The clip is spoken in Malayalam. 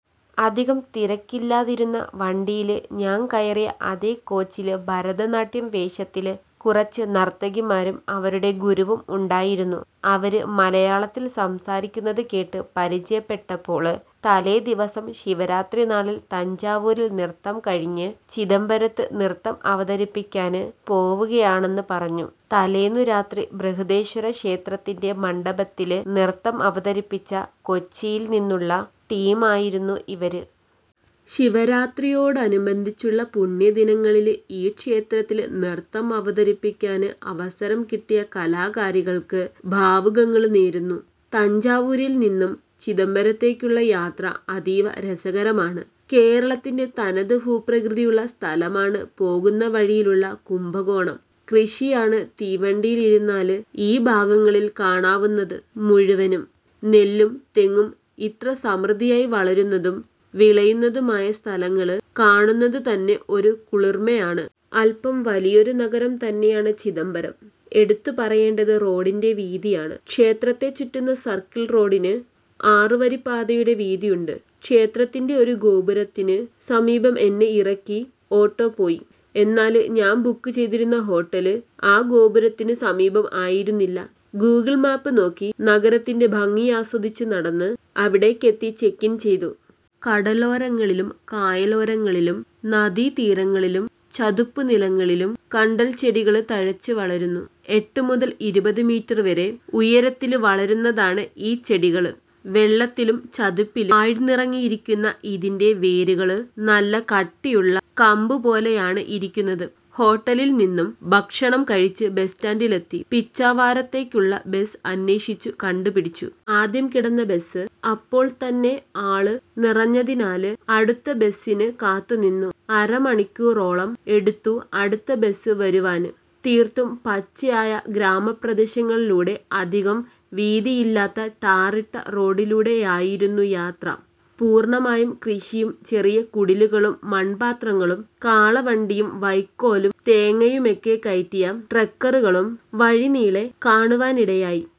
അധികം തിരക്കില്ലാതിരുന്ന വണ്ടിയില് ഞാൻ കയറിയ അതേ കോച്ചില് ഭരതനാട്യം വേഷത്തില് കുറച്ച് നർത്തകിമാരും അവരുടെ ഗുരുവും ഉണ്ടായിരുന്നു. അവര് മലയാളത്തില് സംസാരിക്കുന്നതു കേട്ട് പരിചയപ്പെട്ടപ്പോള് തലേദിവസം ശിവരാത്രി നാളിൽ തഞ്ചാവൂരിൽ നൃത്തം കഴിഞ്ഞ് ചിദംബരത്ത് നൃത്തം അവതരിപ്പിക്കാന് പോകുകയാണെന്ന് പറഞ്ഞു. തലേന്നു രാത്രി ബ്രഹദീശ്വര ക്ഷേത്രത്തിന്റെ മണ്ഡപത്തില് നൃത്തം അവതരിപ്പിച്ച കൊച്ചിയിൽ നിന്നുള്ള ടീമായിരുന്നു ഇവര്. ശിവരാത്രിയോടനുബന്ധിച്ചുള്ള പുണ്യ ദിനങ്ങളില് ഈ ക്ഷേത്രങ്ങളില് നൃത്തം അവതരിപ്പിക്കാന് അവസരം കിട്ടിയ കലാകാരികൾക്ക് ഭാവുകങ്ങള് നേരുന്നു. തഞ്ചാവൂരില് നിന്നും ചിദംബരത്തേക്കുള്ള യാത്ര അതീവ രസകരമാണ്. കേരളത്തിന്റെ തനത് ഭൂപ്രകൃതിയുള്ള സ്ഥലമാണ് പോകുന്ന വഴിയിലുള്ള കുംഭകോണം. കൃഷിയാണ് തീവണ്ടിയില് ഇരുന്നാല് ഈ ഭാഗങ്ങളിൽ കാണാവുന്നത് മുഴുവനും. നെല്ലും തെങ്ങും ഇത്ര സമൃദ്ധിയായി വളരുന്നതും വിളയുന്നതുമായ സ്ഥലങ്ങള് കാണുന്നതു തന്നെ ഒരു കുളിർമ്മയാണ്. അല്പം വലിയൊരു നഗരം തന്നെയാണ് ചിദംബരം. എടുത്തുപറയേണ്ടത് റോഡിന്റെ വീതിയാണ്. ക്ഷേത്രത്തെ ചുറ്റുന്ന സർക്കിള് റോഡിന് ആറുവരിപ്പാതയുടെ വീതിയുണ്ട്. ക്ഷേത്രത്തിന്റെ ഒരു ഗോപുരത്തിന് സമീപം എന്നെ ഇറക്കി ഓട്ടോ പോയി. എന്നാല് ഞാൻ ബുക്ക് ചെയ്തിരുന്ന ഹോട്ടല് ആ ഗോപുരത്തിന് സമീപം ആയിരുന്നില്ല. ഗൂഗിള് മാപ്പ് നോക്കി നഗരത്തിന്റെ ഭംഗിയാസ്വദിച്ച് നടന്ന് അവിടേക്കെത്തി ചെക്കിന് ചെയ്തു. കടലോരങ്ങളിലും കായലോരങ്ങളിലും നദീതീരങ്ങളിലും ചതുപ്പുനിലങ്ങളിലും കണ്ടൽച്ചെടികള് തഴച്ച് വളരുന്നു. എട്ട് മുതല് ഇരുപത് മീറ്റർ വരെ ഉയരത്തില് വളരുന്നതാണ് ഈ ചെടികള്. വെള്ളത്തിലും ചതുപ്പിലും ആഴ്ന്നിറങ്ങിയിരിക്കുന്ന ഇതിന്റെ വേരുകള് നല്ല കട്ടിയുള്ള കമ്പുപോലെയാണ് ഇരിക്കുന്നത്. ഹോട്ടലിൽ നിന്നും ഭക്ഷണം കഴിച്ച് ബസ് സ്റ്റാന്റിലെത്തി പിച്ചാവരത്തേക്കുള്ള ബസ് അന്വേഷിച്ച് കണ്ടുപിടിച്ചു. ആദ്യം കിടന്ന ബസ് അപ്പോൾത്തന്നെ ആള് നിറഞ്ഞതിനാല് അടുത്ത ബസിന് കാത്തുനിന്നു. അര മണിക്കൂറോളം എടുത്തു അടുത്ത ബസ് വരുവാന്. തീർത്തും പച്ചയായ ഗ്രാമപ്രദേശങ്ങളിലൂടെ അധികം വീതിയില്ലാത്ത ടാറിട്ട റോഡിലൂടെയായിരുന്നു യാത്ര. പൂർണ്ണമായും കൃഷിയും ചെറിയ കുടിലുകളും മൺപാതകളും കാളവണ്ടിയും വൈക്കോലും തേങ്ങയുമൊക്കെ കയറ്റിയ ട്രാക്ടറുകളും വഴിനീളെ കാണുവാനിടയായി.